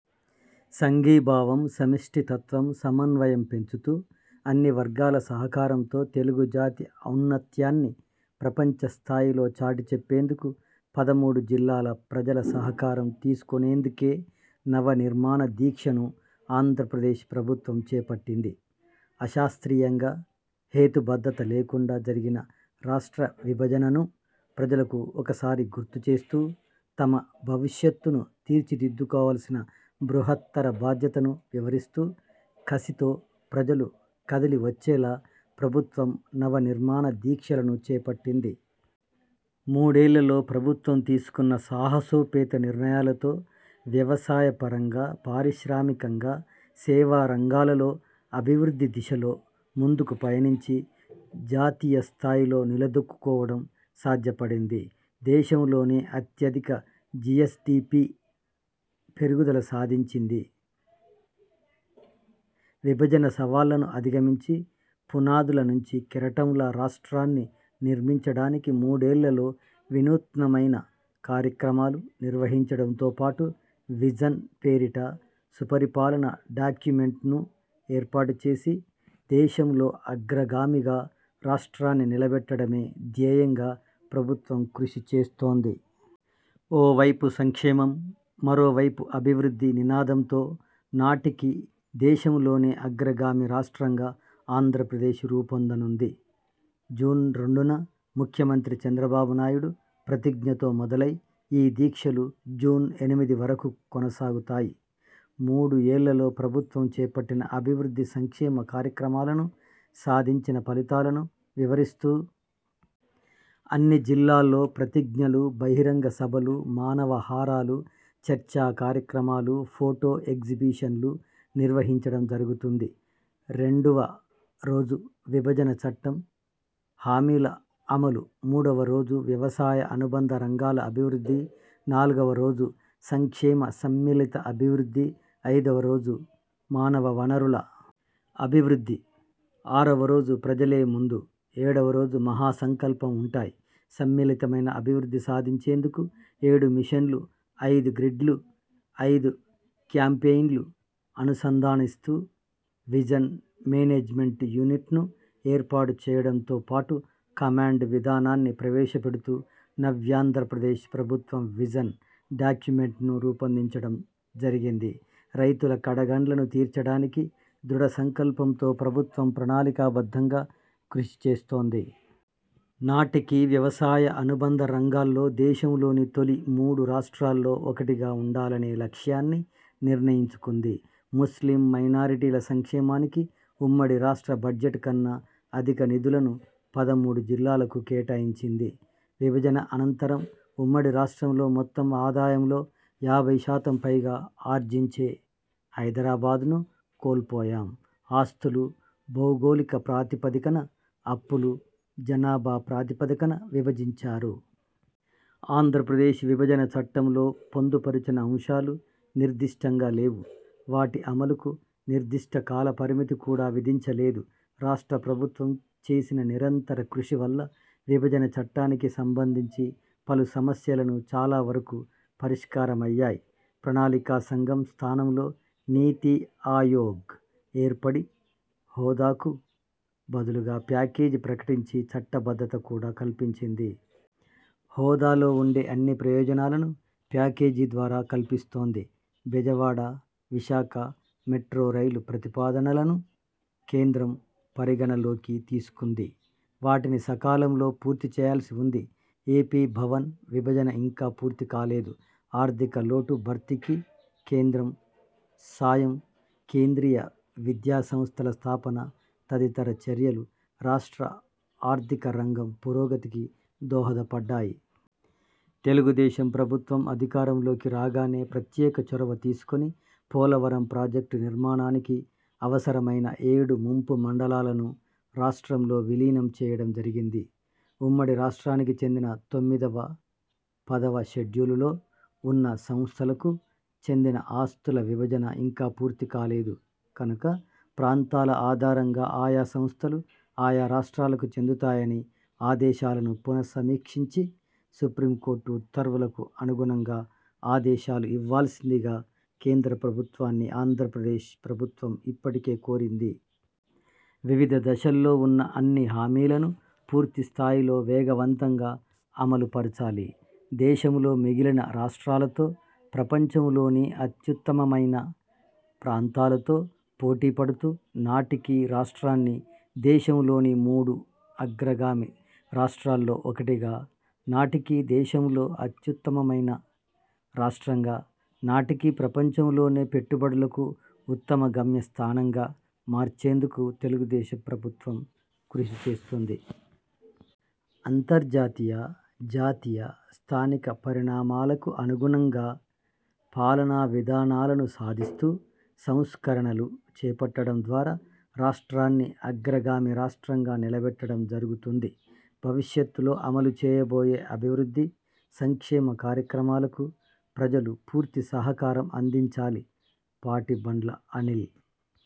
సంఘీభావం, సమిష్టితత్వం, సమన్వయం పెంచుతూ అన్ని వర్గాల సహకారంతో తెలుగు జాతి ఔన్నత్యాన్ని ప్రపంచస్థాయిలో చాటిచెప్పేందుకు పదమూడు జిల్లాల ప్రజల సహకారం తీసుకునేందుకే నవనిర్మాణ దీక్షను ఆంధ్రపద్రేశ్ ప్రభుత్వం చేపట్టింది అశాస్త్రీయంగా, హేతుబద్ధత లేకుండా జరిగిన రాష్ట్ర విభజనను ప్రజలకు ఒకసారి గుర్తుచేస్తూ తమ భవిష్యత్తును తీర్చిదిద్దుకోవాల్సిన బృహత్తర బాధ్యతను వివరిస్తూ కసితో ప్రజలు కదలివచ్చేలా ప్రభుత్వం నవ నిర్మాణ దీక్షలను చేపట్టింది. మూడేళ్లలో ప్రభుత్వం తీసుకున్న సాహసోపేత నిర్ణయాలతో వ్యవసాయ పరంగా, పారిశ్రామికంగా, సేవారంగాలలో అభివృద్ధి దిశలో ముందుకు పయనించి జాతీయ స్ధాయిలో నిలదొక్కుకోవటం సాధ్యపడింది. దేశంలోనే అత్యధిక జీఎస్డీపీ పెరుగుదల సాధించింది. విభజన సవాళ్ళను అధిగమించి పునాదుల నుంచి కెరటంలా రాష్ట్రాన్ని నిర్మించడానికి మూడేళ్ళలో వినూత్నమైన కార్యక్రమాలు నిర్వహించడంతో పాటు విజన్– పేరిట సుపరిపాలన డాక్యుమెంట్ను ఏర్పాటుచేసి దేశంలో అగ్రగామిగా రాష్ట్రాన్ని నిలబెట్టడమే ధ్యేయంగా ప్రభుత్వం కృషి చేస్తోంది. ఓవైపు సంక్షేమం, మరోవైపు అభివృద్ధి నినాదంతో నాటికి దేశంలోనే అగ్రగామి రాష్ట్రంగా ఆంధ్రప్రదేశ్ రూపొందనుంది. జూన్ రెండున ముఖ్యమంత్రి చంద్రబాబునాయుడు ప్రతిజ్ఞతో మొదలై ఈ దీక్షలు జూన్ ఎనిమిది వరకు కొనసాగుతాయి మూడు ఏళ్లలో ప్రభుత్వం చేపట్టిన అభివృద్ధి, సంక్షేమ కార్యక్రమాలను, సాధించిన ఫలితాలను వివరిస్తూ అన్ని జిల్లాల్లో ప్రతిజ్ఞలు, బహిరంగ సభలు, మానవహారాలు, చర్చా కార్యక్రమాలు, ఫొటో ఎగ్జిబిషన్లు నిర్వహించడం జరుగుతుంది రెండువ రోజు విభజన చట్టం హామీల అమలు, మూడువ రోజు వ్యవసాయ అనుబంధ రంగాల అభివృద్ధి, నాలుగువ రోజు సంక్షేమ సమ్మిళిత అభివృద్ధి, ఐదువ రోజు మానవ వనరుల అభివృద్ధి, ఆరువ రోజు ప్రజలే ముందు, ఏడువ రోజు మహా సంకల్పం ఉంటాయి సమ్మిళితమైన అభివృద్ధి సాధించేందుకు ఏడు మిషన్లు, ఐదు గ్రిడ్లు, ఐదు క్యాంపెయిన్లు అనుసంధానిస్తూ విజన్ మేనేజ్మెంట్ యూనిట్ను ఏర్పాటుచేయడంతో పాటు కమాండ్ విధానాన్ని ప్రవేశపెడుతూ నవ్యాంధ్రప్రదేశ్ ప్రభుత్వం విజన్– డాక్యుమెంట్ను రూపొందించడం జరిగింది రైతుల కడగండ్లను తీర్చటానికి దృఢ సంకల్పంతో ప్రభుత్వం ప్రణాళికాబద్ధంగా కృషిచేస్తోంది. నాటికి వ్యవసాయ, అనుబంధ రంగాల్లో దేశంలోని తొలి మూడు రాష్ట్రాల్లో ఒక్కటిగా ఉండాలనే లక్ష్యాన్ని నిర్ణయించుకుంది. ముస్లిం మైనారిటీల సంక్షేమానికి ఉమ్మడి రాష్ట్ర బడ్జెట్ కన్నా అధిక నిధులను పదమూడు జిల్లాలకు కేటాయించింది విభజన అనంతరం ఉమ్మడి రాష్ట్రంలో మొత్తం ఆదాయంలో యాభై శాతం పైగా ఆర్జించే హైదరాబాద్ను కోల్పోయాం ఆస్తులు భౌగోళిక ప్రాతిపదికన, అప్పులు జనాభా ప్రాతిపదికన విభజించారు. ఆంధ్రప్రదేశ్ విభజన చట్టంలో పొందుపరిచిన అంశాలు నిర్దిష్టంగా లేవు, వాటి అమలుకు నిర్దిష్ట కాలపరిమితి కూడా విధించలేదు. రాష్ట్ర ప్రభుత్వం చేసిన నిరంతర కృషి వల్ల విభజన చట్టానికి సంబంధించి పలు సమస్యలను చాలావరకు పరిష్కారమయ్యాయి. ప్రణాళికా సంఘం స్థానంలో 'నీతిఆయోగ్' ఏర్పడి హోదాకు బదులుగా ప్యాకేజీ ప్రకటించి చట్టబద్ధత కూడా కల్పించింది. హోదాలో ఉండే అన్ని ప్రయోజనాలను ప్యాకేజీ ద్వారా కల్పిస్తోంది. బెజవాడ, విశాఖ మెట్రో రైలు ప్రతిపాదనలను కేంద్రం పరిగణనలోకి తీసుకుంది. వాటిని సకాలంలో పూర్తిచేయాల్సి ఉంది. ఏపీ భవన్ విభజన ఇంకా పూర్తికాలేదు. ఆర్థిక లోటు భర్తీకి కేంద్రం సాయం, కేంద్రీయ విద్యాసంస్థల స్థాపన తదితర చర్యలు రాష్ట్ర ఆర్థిక రంగం పురోగతికి దోహదపడ్డాయి. తెలుగుదేశం ప్రభుత్వం అధికారంలోకి రాగానే ప్రత్యేక చొరవ తీసుకుని పోలవరం ప్రాజెక్టు నిర్మాణానికి అవసరమైన ఏడు ముంపు మండలాలను రాష్ట్రంలో విలీనం చేయడం జరిగింది ఉమ్మడి రాష్ట్రానికి చెందిన తొమ్మిదివ, పదివ షెడ్యూలులో ఉన్న సంస్థలకు చెందిన ఆస్తుల విభజన ఇంకా పూర్తి కాలేదు. కనుక ప్రాంతాల ఆధారంగా ఆయా సంస్థలు, ఆయా రాష్ట్రాలకు చెందుతాయని ఆదేశాలను పునసమీక్షించి సుప్రీంకోర్టు ఉత్తర్వులకు అనుగుణంగా ఆదేశాలు ఇవ్వాల్సిందిగా కేంద్ర ప్రభుత్వాన్ని ఆంధ్రప్రదేశ్ ప్రభుత్వం ఇప్పటికే కోరింది. వివిధ దశల్లో ఉన్న అన్ని హామీలను పూర్తిస్థాయిలో వేగవంతంగా అమలుపరచాలి. దేశంలో మిగిలిన రాష్ట్రాలతో, ప్రపంచంలోని అత్యుత్తమమైన ప్రాంతాలతో పోటీపడుతూ నాటికి రాష్ట్రాన్ని దేశంలోని మూడు అగ్రగామి రాష్ట్రాల్లో ఒకటిగా, నాటికి దేశంలో అత్యుత్తమమైన రాష్ట్రంగా, నాటికి ప్రపంచంలోనే పెట్టుబడులకు ఉత్తమ గమ్యస్థానంగా మార్చేందుకు తెలుగుదేశం ప్రభుత్వం కృషిచేస్తోంది. అంతర్జాతీయ, జాతీయ, స్థానిక పరిణామాలకు అనుగుణంగా పాలనా విధానాలను సాధిస్తూ సంస్కరణలు చేపట్టడం ద్వారా రాష్ట్రాన్ని అగ్రగామి రాష్ట్రంగా నిలబెట్టడం జరుగుతుంది. భవిష్యత్తులో అమలు చేయబోయే అభివృద్ధి, సంక్షేమ కార్యక్రమాలకు ప్రజలు పూర్తి సహకారం అందించాలి. పాటిబండ్ల అనిల్